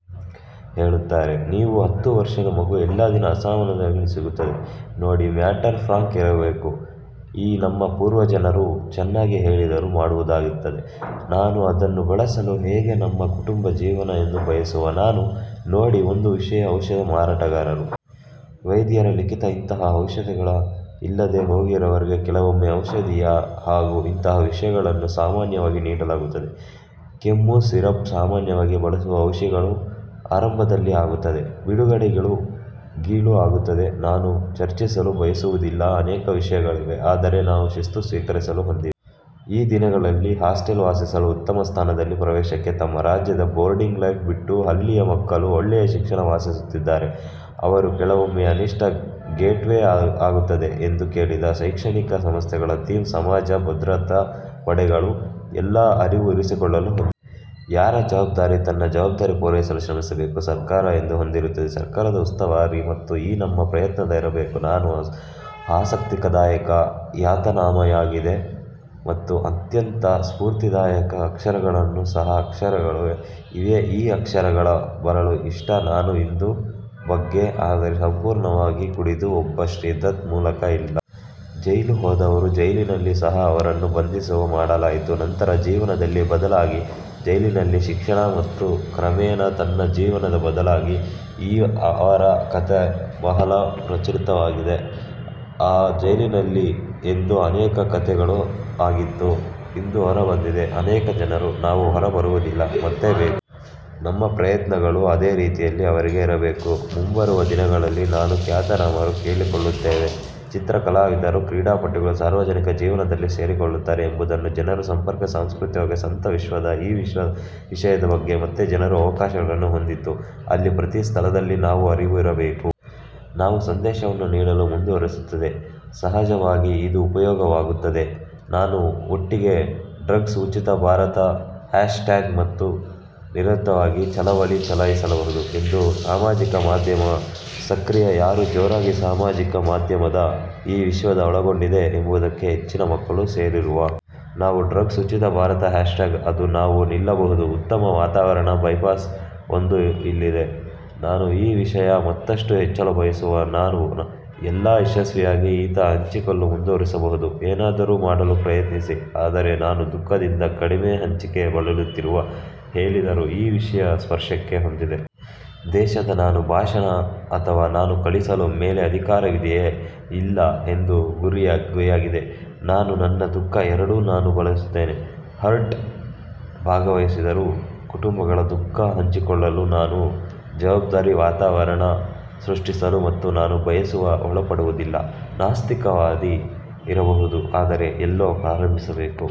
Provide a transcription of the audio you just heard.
ಹೇಳುತ್ತಾರೆ. ನೀವು ಹತ್ತು ವರ್ಷದ ಮಗು ಎಲ್ಲಾ ದಿನ ಅಸಮಾಧಾನ ಸಿಗುತ್ತದೆ ನೋಡಿ. ಮ್ಯಾಟರ್ ಫ್ರಾಂಕ್ ಇರಬೇಕು. ಈ ನಮ್ಮ ಪೂರ್ವಜರು ಚೆನ್ನಾಗಿ ಹೇಳಿದರು ಮಾಡುವುದಾಗಿತ್ತು. ನಾನು ಅದನ್ನು ಬಳಸಲು ಹೇಗೆ ನಮ್ಮ ಕುಟುಂಬ ಜೀವನ, ಎಂದು ಬಯಸುವ. ನಾನು ನೋಡಿ ಒಂದು ವಿಷಯ ಔಷಧ ಮಾರಾಟಗಾರರು. ವೈದ್ಯರ ಲಿಖಿತ ಇಂತಹ ಔಷಧಿಗಳ ಇಲ್ಲದೆ ಹೋಗಿ ರವರೆಗೆ ಕೆಲವೊಮ್ಮೆ ಔಷಧೀಯ, ಹಾಗೂ ಇಂತಹ ವಿಷಯಗಳನ್ನು ಸಾಮಾನ್ಯವಾಗಿ ನೀಡಲಾಗುತ್ತದೆ. ಕೆಮ್ಮು ಸಿರಪ್ ಸಾಮಾನ್ಯವಾಗಿ ಬಳಸುವ ಔಷಧಿಗಳು ಆರಂಭದಲ್ಲಿ ಆಗುತ್ತದೆ. ಬಿಡುಗಡೆ ಗೀಳು ಆಗುತ್ತದೆ. ನಾನು ಚರ್ಚಿಸಲು ಬಯಸುವುದಿಲ್ಲ ಅನೇಕ ವಿಷಯಗಳಿವೆ. ಆದರೆ ನಾವು ಶಿಸ್ತು ಸ್ವೀಕರಿಸಲು ಹೊಂದಿವೆ. ಈ ದಿನಗಳಲ್ಲಿ, ಹಾಸ್ಟೆಲ್ ವಾಸಿಸಲು ಉತ್ತಮ ಸ್ಥಾನದಲ್ಲಿ ಪ್ರವೇಶಕ್ಕೆ ತಮ್ಮ ರಾಜ್ಯದ ಬೋರ್ಡಿಂಗ್ ಲೈಫ್ ಬಿಟ್ಟು ಹಳ್ಳಿಯ ಮಕ್ಕಳು, ಒಳ್ಳೆಯ ಶಿಕ್ಷಣ ವಾಸಿಸುತ್ತಿದ್ದಾರೆ. ಅವರು ಕೆಲವೊಮ್ಮೆ ಅನಿಷ್ಟ ಗೇಟ್ವೇ ಆಗುತ್ತದೆ ಎಂದು ಕೇಳಿದ. ಶೈಕ್ಷಣಿಕ ಸಂಸ್ಥೆಗಳ ಥೀಮ್, ಸಮಾಜ, ಭದ್ರತಾ ಪಡೆಗಳು ಎಲ್ಲ ಅರಿವು ಇರಿಸಿಕೊಳ್ಳಲು ಹೊಂದಿರುತ್ತದೆ. ಯಾರ ಜವಾಬ್ದಾರಿ ತನ್ನ ಜವಾಬ್ದಾರಿ ಪೂರೈಸಲು ಶ್ರಮಿಸಬೇಕು. ಸರ್ಕಾರ ಎಂದು ಹೊಂದಿರುತ್ತದೆ ಸರ್ಕಾರದ ಉಸ್ತುವಾರಿ. ಮತ್ತು ಈ ನಮ್ಮ ಪ್ರಯತ್ನದ ಇರಬೇಕು. ನಾನು, ಆಸಕ್ತಿದಾಯಕ ಯಾತನಾಮಯವಾಗಿದೆ ಮತ್ತು ಅತ್ಯಂತ ಸ್ಪೂರ್ತಿದಾಯಕ ಅಕ್ಷರಗಳು ಸಹ ಅಕ್ಷರಗಳು ಇವೆ ಈ ಅಕ್ಷರಗಳ ಬರಲು ಇಷ್ಟ. ನಾನು ಇಂದು ಬಗ್ಗೆ, ಆದರೆ ಸಂಪೂರ್ಣವಾಗಿ ಕುಡಿದು ಒಬ್ಬ ಶ್ರೀ ದತ್ ಮೂಲಕ ಇಲ್ಲ., ಜೈಲು ಹೋದರು ಜೈಲಿನಲ್ಲಿ ಸಹ ಅವರನ್ನು ಬಂಧಿಸುವ ಮಾಡಲಾಯಿತು. ನಂತರ ಜೀವನದಲ್ಲಿ ಬದಲಾಗಿದೆ. ಜೈಲಿನಲ್ಲಿ ಶಿಕ್ಷಣ ಮತ್ತು ಕ್ರಮೇಣ ತನ್ನ ಜೀವನದ ಬದಲಾಗಿದೆ. ಈ ಅವರ ಕಥೆ ಬಹಳ ಪ್ರಚಲಿತವಾಗಿದೆ ಆಗಿದೆ. ಜೈಲಿನಲ್ಲಿ ಎಂದು ಅನೇಕ ಕಥೆಗಳು ಆಗಿತ್ತು. ಇದು ಹೊರಬಂದಿದೆ ಅನೇಕ ಜನರು. ನಾವು ಹೊರಬರುವುದಿಲ್ಲ ಮತ್ತು ಬೇಕು. ನಮ್ಮ ಪ್ರಯತ್ನಗಳು ಅದೇ ರೀತಿಯಲ್ಲಿ, ಅವರಿಗೆ ಇರಬೇಕು. ಮುಂಬರುವ ದಿನಗಳಲ್ಲಿ ನಾನು ಖ್ಯಾತನಾಮರು ಕೇಳಿಕೊಳ್ಳುತ್ತೇವೆ. ಚಿತ್ರ ಕಲಾವಿದರು ಕ್ರೀಡಾಪಟುಗಳ ಸಾರ್ವಜನಿಕ ಜೀವನದಲ್ಲಿ ಸೇರಿಕೊಳ್ಳುತ್ತಾರೆ ಎಂಬುದನ್ನು ಜನರು ಸಂಪರ್ಕ. ಸಾಂಸ್ಕೃತಿಕ ಸಂತ ವಿಶ್ವದ, ಈ ವಿಷಯದ ಬಗ್ಗೆ ಮತ್ತೆ ಜನರು ಅವಕಾಶಗಳನ್ನು ಹೊಂದಿತ್ತು ಅಲ್ಲಿ ಪ್ರತಿ ಸ್ಥಳದಲ್ಲಿ, ನಾವು ಅರಿವು ಇರಬೇಕು. ನಾವು ಸಂದೇಶವನ್ನು ನೀಡಲು ಮುಂದುವರೆಸುತ್ತದೆ. ಸಹಜವಾಗಿ ಇದು ಉಪಯೋಗವಾಗುತ್ತದೆ. ನಾನು ಒಟ್ಟಿಗೆ ಡ್ರಗ್ಸ್ ಉಚಿತ ಭಾರತ ಹ್ಯಾಶ್ ಟ್ಯಾಗ್ ನಾವು ನಿರಂತರವಾಗಿ ಚಳವಳಿ ಚಲಾಯಿಸಬಹುದು ಎಂದು ಸಾಮಾಜಿಕ ಮಾಧ್ಯಮ ಸಕ್ರಿಯ ಯಾರು ಜೋರಾಗಿ. ಸಾಮಾಜಿಕ ಮಾಧ್ಯಮದ ಈ ವಿಶ್ವದ ಒಳಗೊಂಡಿದೆ ಎಂಬುದಕ್ಕೆ ಹೆಚ್ಚಿನ ಮಕ್ಕಳು ಸೇರಿರುವ. ನಾವು ಡ್ರಗ್ಸ್ ಉಚಿತ ಭಾರತ ಹ್ಯಾಶ್ ಟ್ಯಾಗ್, ಅದು ನಾವು ನಿಲ್ಲಬಹುದು ಉತ್ತಮ ವಾತಾವರಣ ಬೈಪಾಸ್ ಒಂದು ಇಲ್ಲಿದೆ. ನಾನು ಈ ವಿಷಯ ಮತ್ತಷ್ಟು ಹೆಚ್ಚಳ ಬಯಸುವ. ನಾವು ಎಲ್ಲಾ ಯಶಸ್ವಿಯಾಗಿ ಈತ ಹಂಚಿಕೊಳ್ಳಿ ಮುಂದುವರಿಸಬಹುದು, ಏನಾದರೂ ಮಾಡಲು ಪ್ರಯತ್ನಿಸಿ. ಆದರೆ ನಾನು ದುಃಖದಿಂದ ಕಡಿಮೆ ಹಂಚಿಕೆ ಬಳಲುತ್ತಿರುವ ಹೇಳಿದರು ಈ ವಿಷಯ ಸ್ಪರ್ಶಕ್ಕೆ ಹೊಂದಿವೆ. ದೇಶದ ನಾನು ಭಾಷಣ ಅಥವಾ ನಾನು ಕಲಿಸಲು ಮೇಲೆ ಅಧಿಕಾರವಿದೆಯೇ ಇಲ್ಲ ಎಂದು, ಗುರಿಯಾಗಿದೆ. ನಾನು ನನ್ನ ದುಃಖ, ಎರಡೂ ನಾನು ಬಯಸುತ್ತೇನೆ ಹರ್ಟ್ ಭಾಗವಹಿಸಿದರು ಕುಟುಂಬಗಳ ದುಃಖ ಹಂಚಿಕೊಳ್ಳಲು ನಾನು. ಜವಾಬ್ದಾರಿ ವಾತಾವರಣ ಸೃಷ್ಟಿಸಲು ಮತ್ತು ನಾನು ಬಯಸುವ. ಒಳಪಡುವುದಿಲ್ಲ-ನಾಸ್ತಿಕವಾದಿ ಇರಬಹುದು. ಆದರೆ ಎಲ್ಲೋ ಪ್ರಾರಂಭಿಸಬೇಕು.